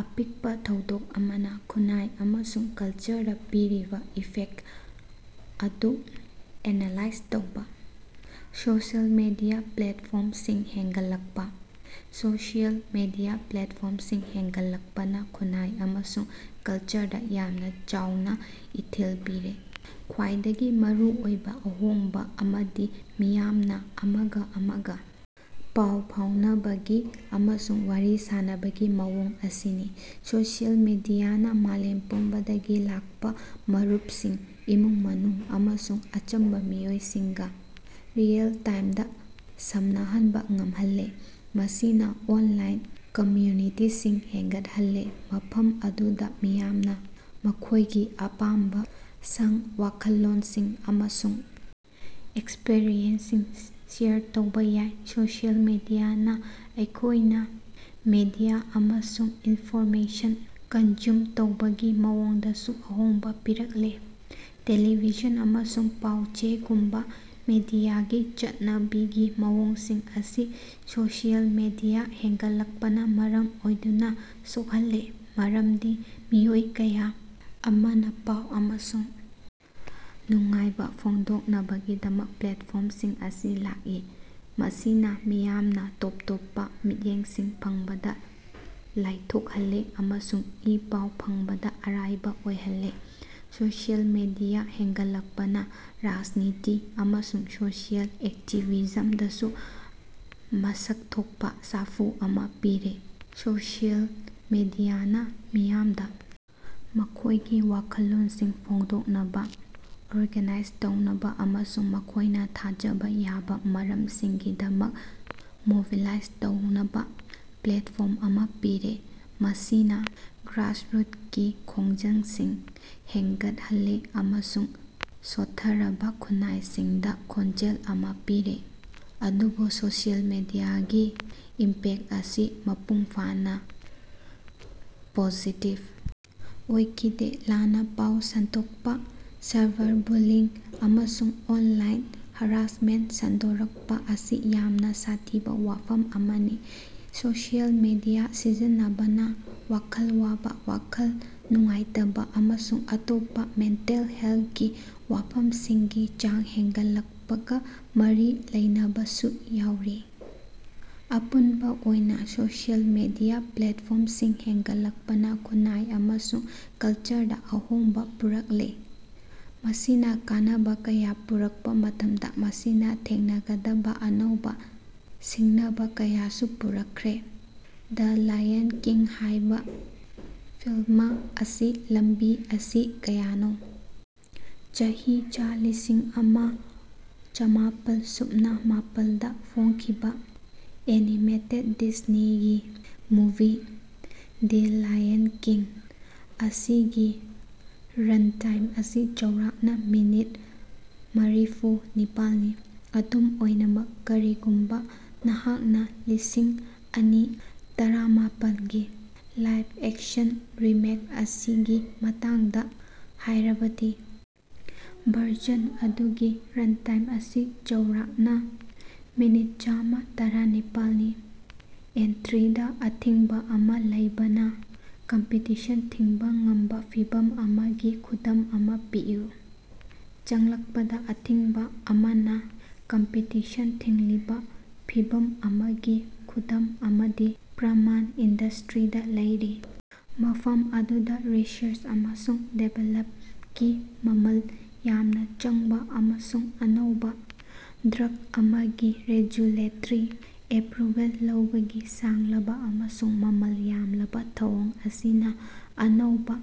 ꯑꯄꯤꯛꯄ ꯊꯧꯗꯣꯛ ꯑꯃꯅ ꯈꯨꯟꯅꯥꯏ ꯑꯃꯁꯨꯡ ꯀꯜꯆꯔꯗ ꯄꯤꯔꯤꯕ ꯏꯐꯦꯛꯇ ꯑꯗꯨ ꯑꯦꯅꯥꯂꯥꯏꯖ ꯇꯧꯕꯥ꯫ ꯁꯣꯁꯤꯌꯦꯜ ꯃꯤꯗꯤꯌꯥ ꯄ꯭ꯂꯦꯠꯐꯣꯔꯝꯁꯤꯡ ꯍꯦꯟꯒꯠꯂꯛꯄꯥ꯫ ꯁꯣꯁꯤꯌꯦꯜ ꯃꯤꯗꯤꯌꯥ ꯄ꯭ꯂꯦꯠꯐꯣꯔꯃꯁꯤꯡ ꯍꯦꯟꯒꯠꯂꯛꯄꯅꯥ ꯈꯨꯟꯅꯥꯏ ꯑꯃꯁꯨꯡ ꯀꯂꯆꯔꯗ ꯌꯥꯝꯅ ꯆꯥꯎꯅꯥ ꯏꯊꯤꯜ ꯄꯤꯔꯦ꯫ ꯈ꯭ꯋꯥꯏꯗꯒꯤ ꯃꯔꯨꯑꯣꯏꯕꯥ ꯑꯍꯣꯡꯕ ꯑꯃꯗꯤ ꯃꯤꯌꯥꯝꯅꯥ ꯑꯃꯒ ꯑꯃꯒ ꯄꯥꯎ ꯐꯥꯎꯅꯕꯒꯤ ꯑꯃꯁꯨꯡ ꯋꯥꯔꯤ ꯁꯥꯅꯕꯒꯤ ꯃꯑꯣꯡ ꯑꯁꯤꯅꯤ꯫ ꯁꯣꯁꯤꯌꯦꯜ ꯃꯤꯗꯤꯌꯥꯅꯥ ꯃꯥꯂꯦꯝ ꯄꯨꯝꯕꯗꯒꯤ ꯂꯥꯛꯄꯥ ꯃꯔꯨꯞꯁꯤꯡ, ꯏꯃꯨꯡ ꯃꯅꯨꯡ ꯑꯃꯁꯨꯡ ꯑꯆꯝꯕ ꯃꯤꯑꯣꯏꯁꯤꯡꯒ, ꯔꯤꯑꯦꯜ ꯇꯥꯏꯝꯗꯥ ꯁꯝꯅꯍꯟꯕꯥ ꯉꯝꯍꯜꯂꯦ꯫ ꯃꯁꯤꯅꯥ ꯑꯣꯟꯂꯥꯏꯟ ꯀꯝꯃ꯭ꯌꯨꯅꯤꯇꯤꯁꯤꯡ ꯍꯦꯟꯒꯠꯍꯜꯂꯦ, ꯃꯐꯝ ꯑꯗꯨꯗꯥ ꯃꯤꯌꯥꯝꯅꯥ ꯃꯈꯣꯌꯒꯤ ꯑꯄꯥꯝꯕꯁꯥꯡ, ꯋꯥꯈꯜꯂꯣꯟꯁꯤꯡ ꯑꯃꯁꯨꯡ ꯑꯦꯛꯁꯄꯔꯤꯌꯦꯟꯁꯁꯤꯡ ꯁꯦꯌꯔ ꯇꯧꯕꯥ ꯌꯥꯏ꯫ ꯁꯣꯁꯤꯌꯦꯜ ꯃꯤꯗꯤꯌꯥꯅꯥ ꯑꯩꯈꯣꯌꯅ ꯃꯦꯗꯤꯌꯥ ꯑꯃꯁꯨꯡ ꯏꯟꯐꯣꯔꯃꯦꯁꯟ ꯀꯟꯖ꯭ꯌꯨꯝ ꯇꯧꯕꯒꯤ ꯃꯑꯣꯡꯗꯁꯨ ꯑꯍꯣꯡꯕꯥ ꯄꯤꯔꯛꯂꯤ꯫ ꯇꯦꯂꯤꯚꯤꯖꯟ ꯑꯃꯁꯨꯡ ꯄꯥꯎ-ꯆꯦꯒꯨꯝꯕ ꯃꯤꯗꯤꯌꯥꯒꯤ ꯆꯠꯅꯕꯤꯒꯤ ꯃꯑꯣꯡꯁꯤꯡ ꯑꯁꯤ ꯁꯣꯁꯤꯌꯦꯜ ꯃꯦꯗꯤꯌꯥ ꯍꯦꯟꯒꯠꯂꯛꯄꯅ ꯃꯔꯝ ꯑꯣꯏꯗꯨꯅ ꯁꯣꯛꯍꯜꯂꯦ, ꯃꯔꯝꯗꯤ ꯃꯤꯑꯣꯏ ꯀꯌꯥ ꯑꯃꯅ ꯄꯥꯎ ꯑꯃꯁꯨꯡ ꯅꯨꯡꯉꯥꯏꯕ ꯐꯣꯡꯗꯣꯛꯅꯕꯒꯤꯗꯃꯛ ꯄ꯭ꯂꯦꯠꯐꯣꯔꯝꯁꯤꯡ ꯑꯁꯤ ꯂꯥꯛꯏ꯫ ꯃꯁꯤꯅ ꯃꯤꯌꯥꯝꯅ ꯇꯣꯞ ꯇꯣꯞꯄꯥ ꯃꯤꯠꯌꯦꯡꯁꯤꯡ ꯐꯪꯕꯗꯥ ꯂꯥꯏꯊꯣꯛꯍꯜꯂꯤ ꯑꯃꯁꯨꯡ ꯏ ꯄꯥꯎ ꯐꯪꯕꯗ ꯑꯔꯥꯏꯕ ꯑꯣꯏꯍꯜꯂꯦ꯫ ꯁꯣꯁꯤꯌꯦꯜ ꯃꯤꯗꯤꯌꯥ ꯍꯦꯟꯒꯠꯂꯛꯄꯅꯥ ꯔꯥꯖꯅꯤꯇꯤ ꯑꯃꯁꯨꯡ ꯁꯣꯁꯤꯌꯦꯜ ꯑꯦꯛꯇꯤꯕꯤꯖꯝꯗꯁꯨ ꯃꯁꯛ ꯊꯣꯛꯄꯥ ꯁꯥꯐꯨ ꯑꯃ ꯄꯤꯔꯦ꯫ ꯁꯣꯁꯤꯌꯦꯜ ꯃꯤꯗꯤꯌꯥꯅ ꯃꯤꯌꯥꯃꯗ ꯃꯈꯣꯏꯒꯤ ꯋꯥꯈꯜꯂꯣꯟꯁꯤꯡ ꯐꯣꯡꯗꯣꯛꯅꯕꯥ, ꯑꯣꯔꯒꯅꯥꯏꯖ ꯇꯧꯅꯕ ꯑꯃꯁꯨꯡ ꯃꯈꯣꯏꯅ ꯊꯥꯖꯕ ꯌꯥꯕ ꯃꯔꯝꯁꯤꯡꯒꯤꯗꯃꯛ ꯃꯣꯕꯤꯂꯥꯏꯖ ꯇꯧꯅꯕꯥ ꯄ꯭ꯂꯦꯠꯐꯣꯔꯝ ꯑꯃ ꯄꯤꯔꯦ, ꯃꯁꯤꯅ ꯒ꯭ꯔꯥꯁꯔꯨꯠꯀꯤ ꯈꯣꯡꯖꯪꯁꯤꯡ ꯍꯦꯟꯒꯠꯍꯜꯂꯦ ꯑꯃꯁꯨꯡ ꯁꯣꯠꯊꯔꯕꯥ ꯈꯨꯟꯅꯥꯏꯁꯤꯡꯗꯥ ꯈꯣꯟꯖꯦꯜ ꯑꯃ ꯄꯤꯔꯦ꯫ ꯑꯗꯨꯕꯨ ꯁꯣꯁꯤꯌꯦꯜ ꯃꯤꯗꯤꯌꯥꯒꯤ ꯏꯝꯄꯦꯛꯇ ꯑꯁꯤ ꯃꯄꯨꯡ ꯐꯥꯅꯥ ꯄꯣꯖꯤꯇꯤꯕ ꯑꯣꯏꯈꯤꯗꯦ꯫ ꯂꯥꯟꯅ ꯄꯥꯎ ꯁꯟꯗꯣꯛꯄ, ꯁꯥꯏꯕꯔꯕꯨꯂꯤꯡ, ꯑꯃꯁꯨꯡ ꯑꯣꯟꯂꯥꯏꯟ ꯍꯔꯥꯁꯃꯦꯟꯇ ꯁꯟꯗꯣꯔꯛꯄꯥ ꯑꯁꯤ ꯌꯥꯝꯅ ꯁꯥꯊꯤꯕ ꯋꯥꯐꯝ ꯑꯃꯅꯤ꯫ ꯁꯣꯁꯤꯌꯦꯜ ꯃꯤꯗꯤꯌꯥ ꯁꯤꯖꯤꯟꯅꯕꯅ ꯋꯥꯈꯜ ꯋꯥꯕ, ꯋꯥꯈꯜ ꯅꯨꯡꯉꯥꯏꯇꯕ ꯑꯃꯁꯨꯡ ꯑꯇꯣꯞꯄꯥ ꯃꯦꯟꯇꯦꯜ ꯍꯦꯜꯊꯀꯤ ꯋꯥꯐꯝꯁꯤꯡꯒꯤ ꯆꯥꯡ ꯍꯦꯟꯒꯠꯂꯛꯄꯒꯥ ꯃꯔꯤ ꯂꯩꯅꯕꯁꯨ ꯌꯥꯎꯔꯤ꯫ ꯑꯄꯨꯟꯕꯥ ꯑꯣꯏꯅ ꯁꯣꯁꯤꯌꯦꯜ ꯃꯤꯗꯤꯌꯥ ꯄ꯭ꯂꯦꯠꯐꯣꯔꯝꯁꯤꯡ ꯍꯦꯟꯒꯠꯂꯛꯄꯅ ꯈꯨꯟꯅꯥꯏ ꯑꯃꯁꯨꯡ ꯀꯂꯆꯔꯗꯥ ꯑꯍꯣꯡꯕ ꯄꯨꯔꯛꯂꯦ꯫ ꯃꯁꯤꯅ ꯀꯥꯟꯅꯕ ꯀꯌꯥ ꯄꯨꯔꯛꯄ ꯃꯇꯝꯗ, ꯃꯁꯤꯅꯥ ꯊꯦꯡꯅꯒꯗꯕꯥ ꯑꯅꯧꯕꯥ ꯁꯤꯡꯅꯕ ꯀꯌꯥꯁꯨ ꯄꯨꯔꯛꯈ꯭ꯔꯦ꯫ ꯗ ꯂꯥꯌꯟ ꯀꯤꯡ ꯍꯥꯌꯕꯥ ꯐꯤꯜꯃ ꯑꯁꯤꯒꯤ ꯂꯝꯕꯤ ꯑꯁꯤ ꯀꯌꯥꯅꯣ? ꯆꯍꯤ ꯆꯥ ꯂꯤꯁꯤꯡ ꯑꯃ ꯆꯥꯃꯥꯄꯜ ꯁꯨꯞꯅ ꯃꯄꯥꯜ ꯗꯥ ꯐꯣꯡꯈꯤꯕꯥ animated Disney movie "The Lion King" ꯑꯁꯤꯒꯤ ꯔꯟꯇꯥꯏꯝ ꯑꯁꯤ ꯆꯥꯎꯔꯥꯛꯅꯥ ꯃꯤꯅꯤꯠ ꯃꯔꯤꯐꯨ ꯅꯤꯄꯥꯜꯅꯤ꯫ ꯑꯗꯨꯝ ꯑꯣꯏꯅꯃꯛ, ꯀꯔꯤꯒꯨꯝꯕꯥ ꯅꯍꯥꯛꯅꯥ ꯂꯤꯁꯤꯡ ꯑꯅꯤ ꯇꯔꯥꯃꯥꯄꯜꯒꯤ ꯂꯥꯏꯕ-ꯑꯦꯛꯁꯟ ꯔꯤꯃꯦꯛ ꯑꯁꯤꯒꯤ ꯃꯇꯥꯡꯗ ꯍꯥꯌꯔꯕꯗꯤ, ꯚꯔꯖꯟ ꯑꯗꯨꯒꯤ ꯔꯟꯇꯥꯏꯝ ꯑꯁꯤ ꯆꯥꯎꯔꯥꯛꯅꯥꫪ ꯃꯤꯅꯤꯠ ꯆꯥꯝꯃ ꯇꯔꯥꯅꯤꯄꯥꯜ ꯅꯤ꯫ ꯑꯦꯟꯇ꯭ꯔꯤꯗꯥ ꯑꯊꯤꯡꯕꯥ ꯑꯃꯥ ꯂꯩꯕꯅ ꯀꯝꯄꯤꯇꯤꯁꯟ ꯊꯤꯡꯕ ꯉꯝꯕꯥ ꯐꯤꯚꯝ ꯑꯃꯒꯤ ꯈꯨꯗꯝ ꯑꯃ ꯄꯤꯌꯨ꯫ ꯆꯪꯂꯛꯄꯗ ꯑꯊꯤꯡꯕ ꯑꯃꯅ ꯀꯝꯄꯤꯇꯤꯁꯟ ꯊꯤꯡꯂꯤꯕ ꯐꯤꯚꯝ ꯑꯃꯒꯤ ꯈꯨꯗꯝ ꯑꯃꯗꯤ ꯄ꯭ꯔꯃꯥꯟ ꯏꯟꯗꯁꯇ꯭ꯔꯤꯗꯥ ꯂꯩꯔꯤ, ꯃꯐꯝ ꯑꯗꯨꯗ ꯔꯤꯁꯔꯆ ꯑꯃꯁꯨꯡ ꯗꯤꯕꯦꯂꯞꯀꯤ ꯃꯃꯜ ꯌꯥꯝꯅꯥ ꯆꯪꯕ ꯑꯃꯁꯨꯡ ꯑꯅꯧꯕ ꯗ꯭ꯔꯒ ꯑꯃꯒꯤ ꯔꯦꯖꯨꯂꯦꯇꯔꯤ ꯑꯦꯄ꯭ꯔꯨꯕꯦꯜ ꯂꯧꯕꯒꯤ ꯁꯥꯡꯂꯕ ꯑꯃꯁꯨꯡ ꯃꯃꯜ ꯌꯥꯝꯂꯕ ꯊꯧꯑꯣꯡ ꯑꯁꯤꯅ ꯑꯅꯧꯕ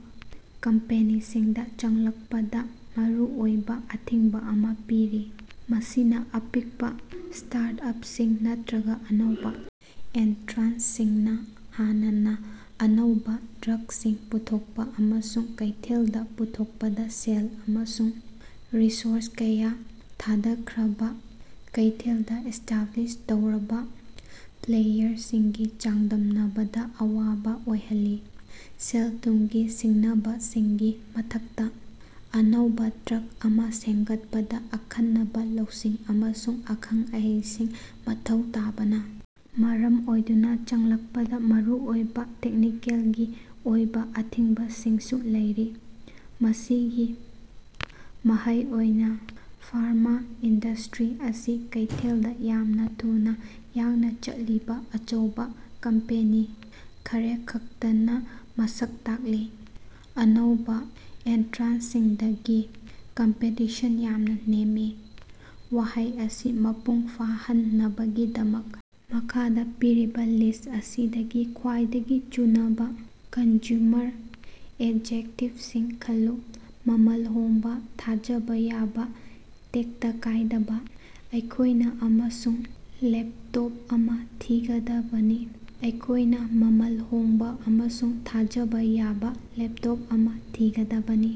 ꯀꯝꯄꯦꯅꯤꯁꯤꯡꯗ ꯆꯪꯂꯛꯄꯗ ꯃꯔꯨꯑꯣꯏꯕ ꯑꯊꯤꯡꯕꯥ ꯑꯃ ꯄꯤꯔꯤ꯫ ꯃꯁꯤꯅ ꯑꯄꯤꯛꯄꯥ ꯁ꯭ꯇꯥꯔꯠ-ꯑꯞꯁꯤꯡ ꯅꯠꯇ꯭ꯔꯒꯥ ꯑꯅꯧꯕꯥ ꯑꯦꯟꯇ꯭ꯔꯥꯟꯁꯁꯤꯡꯅꯥ ꯍꯥꯟꯅꯅ ꯑꯅꯧꯕ ꯗ꯭ꯔꯒꯁꯤꯡ ꯄꯨꯊꯣꯛꯄꯥ ꯑꯃꯁꯨꯡ ꯀꯩꯊꯦꯜꯗ ꯄꯨꯊꯣꯛꯄꯗ ꯁꯦꯜ ꯑꯃꯁꯨꯡ ꯔꯤꯁꯣꯔꯁ ꯀꯌꯥ ꯊꯥꯗꯈ꯭ꯔꯕꯥ ꯀꯩꯊꯦꯜꯗꯥ ꯏꯁ꯭ꯇꯥꯕ꯭ꯂꯤꯁ ꯇꯧꯔꯕꯥ ꯄ꯭ꯂꯦꯌꯔꯁꯤꯡꯒꯥ ꯆꯥꯡꯗꯝꯅꯕꯗ ꯑꯋꯥꯕ ꯑꯣꯏꯍꯜꯂꯤ꯫ ꯁꯦꯜ-ꯊꯨꯃꯒꯤ ꯁꯤꯡꯅꯕꯁꯤꯡꯒꯤ ꯃꯊꯛꯇꯥ, ꯑꯅꯧꯕꯥ ꯗ꯭ꯔꯒ ꯑꯃꯥ ꯁꯦꯝꯒꯠꯄꯗꯥ ꯑꯈꯟꯅꯕꯥ ꯂꯧꯁꯤꯡ ꯑꯃꯁꯨꯡ ꯑꯈꯪ-ꯑꯍꯩꯁꯤꯡ ꯃꯊꯧ ꯇꯥꯕꯅ ꯃꯔꯝ ꯑꯣꯏꯗꯨꯅ ꯆꯪꯂꯛꯄꯗ ꯃꯔꯨꯑꯣꯏꯕ ꯇꯦꯛꯅꯤꯀꯦꯜꯒꯤ ꯑꯣꯏꯕ ꯑꯊꯤꯡꯕꯁꯤꯡꯁꯨ ꯂꯩꯔꯤ꯫ ꯃꯁꯤꯒꯤ ꯃꯍꯩ ꯑꯣꯏꯅꯥ ꯐꯥꯔꯃꯥ ꯏꯟꯗꯁꯇ꯭ꯔꯤ ꯑꯁꯤ ꯀꯩꯊꯦꯜꯗꯥ ꯌꯥꯝꯅ ꯊꯨꯅꯥ ꯌꯥꯡꯅꯥ ꯆꯠꯂꯤꯕ ꯑꯆꯧꯕ ꯀꯝꯄꯦꯅꯤ ꯈꯔꯈꯛꯇꯅꯥ ꯃꯁꯛ ꯇꯥꯛꯂꯤ, ꯑꯅꯧꯕꯥ ꯑꯦꯟꯇ꯭ꯔꯥꯟꯁꯁꯤꯡꯗꯒꯤ ꯀꯝꯄꯤꯇꯤꯁꯟ ꯌꯥꯝꯅꯥ ꯅꯦꯝꯃꯤ꯫ ꯋꯥꯍꯩ ꯑꯁꯤ ꯃꯄꯨꯡ ꯐꯥꯍꯟꯅꯕꯒꯤꯗꯃꯛ ꯃꯈꯥꯗꯥ ꯄꯤꯔꯤꯕꯥ ꯂꯤꯁ ꯑꯁꯤꯗꯒꯤ ꯈ꯭ꯕꯥꯏꯗꯒꯤ ꯆꯨꯅꯕꯥ ꯀꯟꯖ꯭ꯌꯨꯃꯔ ꯑꯦꯖꯦꯛꯇꯤꯚꯁꯤꯡ ꯈꯜꯂꯨ: ꯃꯃꯜ ꯍꯣꯡꯕꯥ, ꯊꯥꯖꯕꯥ ꯌꯥꯕꯥ, ꯇꯦꯛꯇ ꯀꯥꯏꯗꯕ꯫ ꯑꯩꯈꯣꯌꯅ ꯑꯃꯁꯨꯡ ꯂꯦꯄꯇꯣꯞ ꯑꯃ ꯊꯤꯒꯗꯕꯅꯤ꯫ ꯑꯩꯈꯣꯏꯅꯥ ꯃꯃꯜ ꯍꯣꯡꯕꯥ ꯑꯃꯁꯨꯡ ꯊꯥꯖꯕꯥ ꯌꯥꯕ ꯂꯦꯞꯇꯣꯞ ꯑꯃ ꯊꯤꯒꯗꯕꯅꯤ꯫